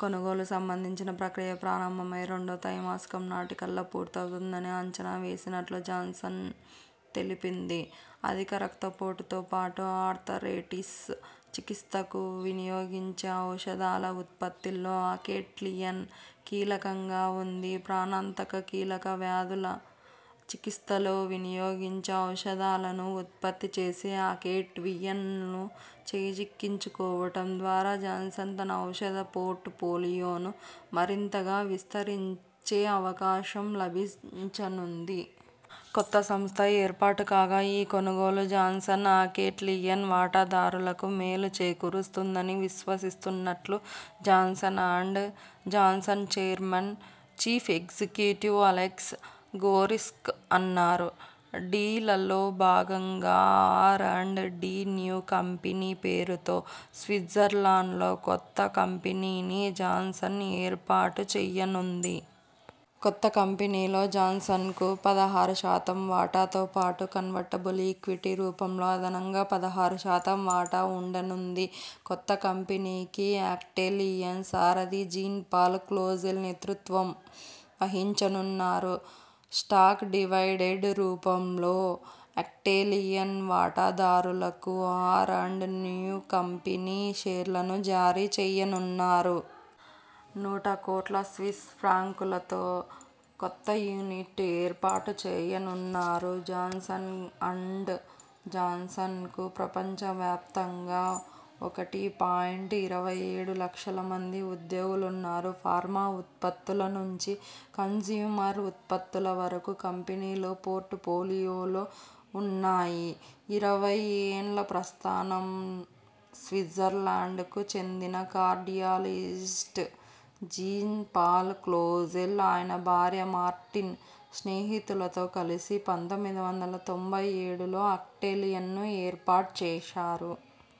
కొనుగోలు సంబంధించిన ప్రక్రియ ప్రారంభమై రెండో త్రైమాసికం నాటి కల్లా పూర్తవుతుందని అంచనా వేసినట్లు జాన్సన్ తెలిపింది. అధిక రక్తపోటుతో పాటు ఆర్థరైటిస్ చికిత్సకు వినియోగించే ఔషధాల ఉత్పత్తిలో అకెట్లియన్ కీలకంగా ఉంది. ప్రాణాంతక, కీలక వ్యాధుల చికిత్సలో వినియోగించే ఔషధాలను ఉత్పత్తి చేసే అకెట్వియన్ను చేజిక్కించుకోవటం ద్వారా జాన్సన్ తన ఔషధ పోర్టు ఫోలియోను మరింతగా విస్తరించే అవకాశం లభించనుంది. కొత్త సంస్థ ఏర్పాటు కాగా ఈ కొనుగోలు జాన్సన్, అకెట్లియన్ వాటాదారులకు మేలు చేకూరుస్తుందని విశ్వషిస్తున్నట్లు Johnson and Johnson chairman, chief executive Alex Gorsky అన్నారు. డీలల్లో భాగంగా R and D new company పేరుతో స్విట్జర్లాండ్లో కొత్త కంపెనీని జాన్సన్ ఏర్పాటు చేయనుంది. కొత్త కంపెనీలో జాన్సన్కు పదహారు శాతం వాటాతో పాటు కన్వర్టబుల్ ఈక్విటీ రూపంలో అదనంగా పదహారు శాతం వాటా ఉండనుంది. కొత్త కంపెనీకి అక్టేలియన్ సారథి జీన్ పాల్ క్లోజెల్ నేతృత్వం వహించనున్నారు. స్టాక్ డివైడెడ్ రూపంలో అక్టేలియన్ వాటాదారులకు ఆర్ అండ్ న్యూ కంపెనీ షేర్లను జారీ చేయనున్నారు. నూట కోట్ల స్విస్ ఫ్రాంకులతో కొత్త యూనిట్ ఏర్పాటు చేయనున్నారు. జాన్సన్ అండ్ జాన్సన్కు ప్రపంచవ్యాప్తంగా ఒకటి పాయింట్ ఇరవై ఏడు లక్షల మంది ఉద్యోగులున్నారు. ఫార్మా ఉత్పత్తుల నుంచి కన్స్యూమర్ ఉత్పత్తుల వరకు కంపెనీలో పోర్టు ఫోలియోలో ఉన్నాయి. ఇరవై ఏళ్ల ప్రస్థానం స్విట్జర్లాండ్కు చెందిన కార్డియాలజిస్ట్ జీన్ పాల్ క్లోజెల్, ఆయన భార్య మార్టిన్, స్నేహితులతో కలిసి పంతొమ్మిది వందల తొంభై ఏడులో అక్టేలియన్ను ఏర్పాటు చేశారు.